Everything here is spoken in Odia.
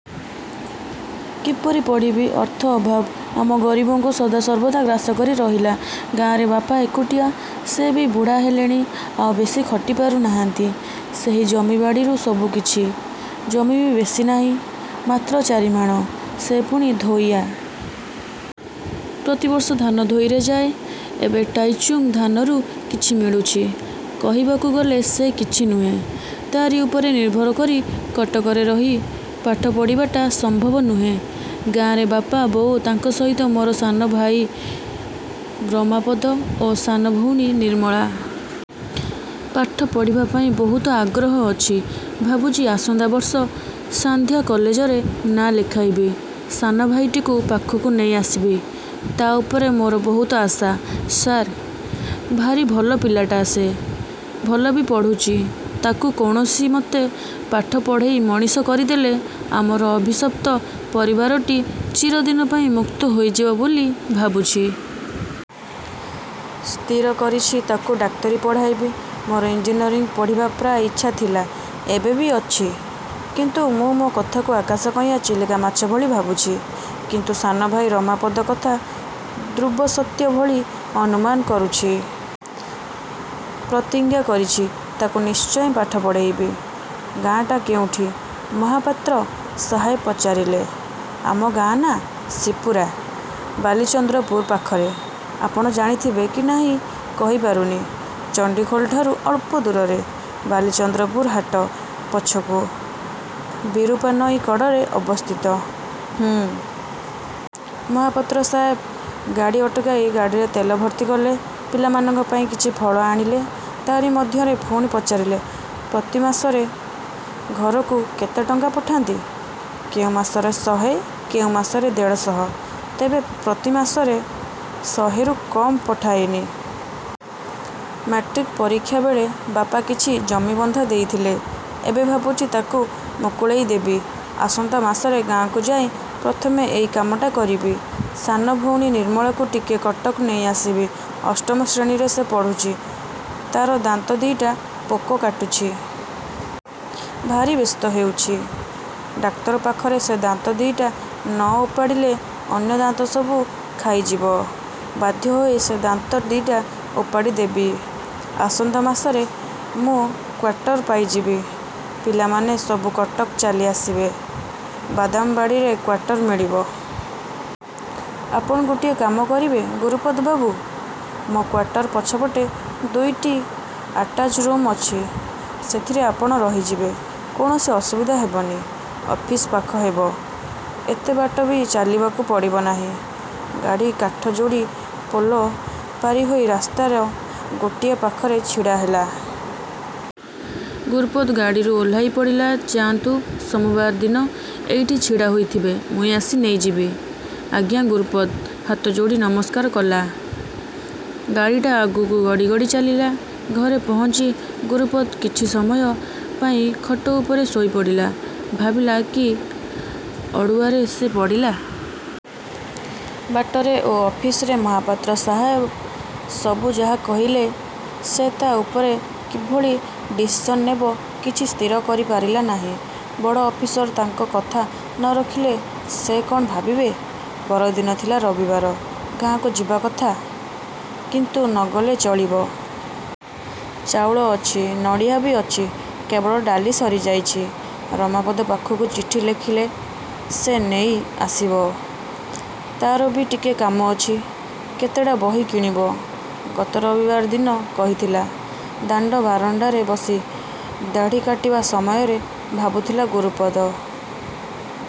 କିପରି ପଢ଼ିବି? ଅର୍ଥ ଅଭାବ ଆମ ଗରିବଙ୍କୁ ସଦାସର୍ବଦା ଗ୍ରାସକରି ରହିଲା। ଗାଁରେ ବାପା ଏକୁଟିଆ। ସେ ବି ବୁଢ଼ା ହେଲେଣି, ଆଉ ବେଶି ଖଟି ପାରୁ ନାହାଁନ୍ତି। ସେହି ଜମିବାଡ଼ିରୁ ସବୁକିଛି। ଜମି ବି ବେଶି ନାହିଁ, ମାତ୍ର ଚାରି ମାଣ। ସେ ପୁଣି ଧୋଇଆ। ପ୍ରତିବର୍ଷ ଧାନ ଧୋଇରେ ଯାଏ। ଏବେ ଟାଇଚୁଙ୍ଗ ଧାନରୁ କିଛି ମିଳୁଛି। କହିବାକୁ ଗଲେ ସେ କିଛି ନୁହେଁ। ତା'ରି ଉପରେ ନିର୍ଭର କରି କଟକରେ ରହି ପାଠ ପଢ଼ିବାଟା ସମ୍ଭବ ନୁହେଁ। ଗାଁରେ ବାପା, ବୋଉ, ତାଙ୍କ ସହିତ ମୋର ସାନଭାଇ ରମାପଦ ଓ ସାନ ଭଉଣୀ ନିର୍ମଳା। ପାଠ ପଢ଼ିବା ପାଇଁ ବହୁତ ଆଗ୍ରହ ଅଛି। ଭାବୁଛି ଆସନ୍ତା ବର୍ଷ ସାନ୍ଧ୍ୟ କଲେଜରେ ନାଁ ଲେଖାଇବି। ସାନ ଭାଇଟିକୁ ପାଖକୁ ନେଇ ଆସିବି। ତା' ଉପରେ ମୋର ବହୁତ ଆଶା, ସାର୍। ଭାରି ଭଲ ପିଲାଟି ସେ। ଭଲ ବି ପଢ଼ୁଛି। ତା'କୁ କୌଣସିମତେ ପାଠ ପଢ଼େଇ ମଣିଷ କରିଦେଲେ ଆମର ଅଭିଶପ୍ତ ପରିବାରଟି ଚିରଦିନ ପାଇଁ ମୁକ୍ତ ହୋଇଯିବ ବୋଲି ଭାବୁଛି। ସ୍ଥିର କରିଛି ତା'କୁ ଡାକ୍ତରୀ ପଢ଼ାଇବି। ମୋର ଇଞ୍ଜିନୟରିଂ ପଢ଼ିବା ପ୍ରାୟ ଇଚ୍ଛା ଥିଲା। ଏବେ ବି ଅଛି। କିନ୍ତୁ ମୁଁ ମୋ କଥାକୁ ଆକାଶ କଇଁଆ ଚିଲିକା ମାଛ ଭଳି ଭାବୁଛି। କିନ୍ତୁ ସାନ ଭାଇ ରମାପଦ କଥା, ଧ୍ରୁବସତ୍ୟ ଭଳି ଅନୁମାନ କରୁଛି। ପ୍ରତିଜ୍ଞା କରିଛି ତା'କୁ ନିଶ୍ଚୟ ପାଠ ପଢ଼େଇବି। ଗାଁଟା କେଉଁଠି? ମହାପାତ୍ର ସାହାବ ପଚାରିଲେ। ଆମ ଗାଁ ନାଁ ଶିପୁରା, ବାଲିଚନ୍ଦ୍ରପୁର ପାଖରେ। ଆପଣ ଜାଣିଥିବେ କି ନାହିଁ କହିପାରୁନି। ଚଣ୍ଡିଖୋଲଠାରୁ ଅଳ୍ପ ଦୂରରେ, ବାଲିଚନ୍ଦ୍ରପୁର ହାଟ ପଛକୁ। ବିରୂପା ନଈ କଡ଼ରେ ଅବସ୍ଥିତ। ହୁଁ। ମହାପାତ୍ର ସାହାବ ଗାଡ଼ି ଅଟକାଇ ଗାଡ଼ିରେ ତେଲ ଭର୍ତ୍ତି କଲେ। ପିଲାମାନଙ୍କ ପାଇଁ କିଛି ଫଳ ଆଣିଲେ। ତା'ରି ମଧ୍ୟରେ ପୁଣି ପଚାରିଲେ, ପ୍ରତି ମାସରେ ଘରକୁ କେତେ ଟଙ୍କା ପଠାନ୍ତି? କେଉଁ ମାସରେ ଶହେ, କେଉଁ ମାସରେ ଦେଢ଼ଶହ। ତେବେ ପ୍ରତି ମାସରେ ଶହେରୁ କମ୍ ପଠାଏନି। ମାଟ୍ରିକ୍ ପରୀକ୍ଷାବେଳେ ବାପା କିଛି ଜମିବନ୍ଧା ଦେଇଥିଲେ। ଏବେ ଭାବୁଛି ତା'କୁ ମୁକୁଳେଇ ଦେବି। ଆସନ୍ତା ମାସରେ ଗାଁକୁ ଯାଇ ପ୍ରଥମେ ଏଇ କାମଟା କରିବି। ସାନ ଭଉଣୀ ନିର୍ମଳାକୁ ଟିକେ କଟକ ନେଇ ଆସିବି। ଅଷ୍ଟମ ଶ୍ରେଣୀରେ ସେ ପଢ଼ୁଛି। ତା'ର ଦାନ୍ତ ଦି'ଟା ପୋକ କାଟୁଛି। ଭାରି ବ୍ୟସ୍ତ ହେଉଛି। ଡାକ୍ତର ପାଖରେ ସେ ଦାନ୍ତ ଦି'ଟା ନ ଓପାଡ଼ିଲେ ଅନ୍ୟ ଦାନ୍ତସବୁ ଖାଇଯିବ। ବାଧ୍ୟ ହୋଇ ସେ ଦାନ୍ତ ଦି'ଟା ଓପାଡ଼ି ଦେବି। ଆସନ୍ତା ମାସରେ ମୁଁ କ୍ୱାଟର ପାଇଯିବି। ପିଲାମାନେ ସବୁ କଟକ ଚାଲି ଆସିବେ ବାଦାମବାଡ଼ିରେ କ୍ୱାଟର ମିଳିବ। ଆପଣ ଗୋଟିଏ କାମ କରିବେ ଗୁରୁପଦ ବାବୁ! ମୋ କ୍ୱାଟର ପଛପଟେ ଦୁଇଟି ଆଟାଚ୍ ରୁମ୍ ଅଛି। ସେଥିରେ ଆପଣ ରହିଯିବେ। କୌଣସି ଅସୁବିଧା ହେବନି। ଅଫିସ ପାଖ ହେବ। ଏତେ ବାଟ ବି ଚାଲିବାକୁ ପଡ଼ିବ ନାହିଁ। ଗାଡ଼ି କାଠଯୋଡ଼ି ପୋଲ ପାରିହୋଇ ରାସ୍ତାର ଗୋଟିଏ ପାଖରେ ଛିଡ଼ାହେଲା। ଗୁରୁପଦ ଗାଡ଼ିରୁ ଓହ୍ଲାଇ ପଡ଼ିଲା। ଯାଆନ୍ତୁ ସୋମବାର ଦିନ ଏଇଠି ଛିଡ଼ା ହୋଇଥିବେ, ମୁୀଁ ଆସି ନେଇଯିବି। ଆଜ୍ଞା, ଗୁରୁପଦ ହାତଯୋଡ଼ି ନମସ୍କାର କଲା। ଗାଡ଼ିଟା ଆଗକୁ ଗଡ଼ି ଗଡ଼ି ଚାଲିଲା। ଘରେ ପହଞ୍ଚି ଗୁରୁପଦ କିଛି ସମୟ ପାଇଁ ଖଟ ଉପରେ ଶୋଇପଡ଼ିଲା। ଭାବିଲା କି ଅଡ଼ୁଆରେ ସେ ପଡ଼ିଲା। ବାଟରେ ଓ ଅଫିସରେ ମହାପାତ୍ର ସାହାବ ସବୁ ଯାହା କହିଲେ ସେ ତା' ଉପରେ କିଭଳି ଡିସିସନ ନେବ କିଛି ସ୍ଥିର କରିପାରିଲା ନାହିଁ। ବଡ଼ ଅଫିସର ତାଙ୍କ କଥା ନରଖିଲେ ସେ କ'ଣ ଭାବିବେ? ପରଦିନ ଥିଲା ରବିବାର। ଗାଁକୁ ଯିବା କଥା। କିନ୍ତୁ ନ ଗଲେ ଚଳିବ। ଚାଉଳ ଅଛି, ନଡ଼ିଆ ବି ଅଛି କେବଳ ଡାଲି ସରିଯାଇଛି। ରମାପଦ ପାଖକୁ ଚିଠି ଲେଖିଲେ ସେ ନେଇ ଆସିବ। ତା'ର ବି ଟିକେ କାମ ଅଛି।। କେତେଟା ବହି କିଣିବ, ଗତ ରବିବାର ଦିନ କହିଥିଲା। ଦାଣ୍ଡ ବାରଣ୍ଡାରେ ବସି ଦାଢ଼ି କାଟିବା ସମୟରେ ଭାବୁଥିଲା ଗୁରୁପଦ।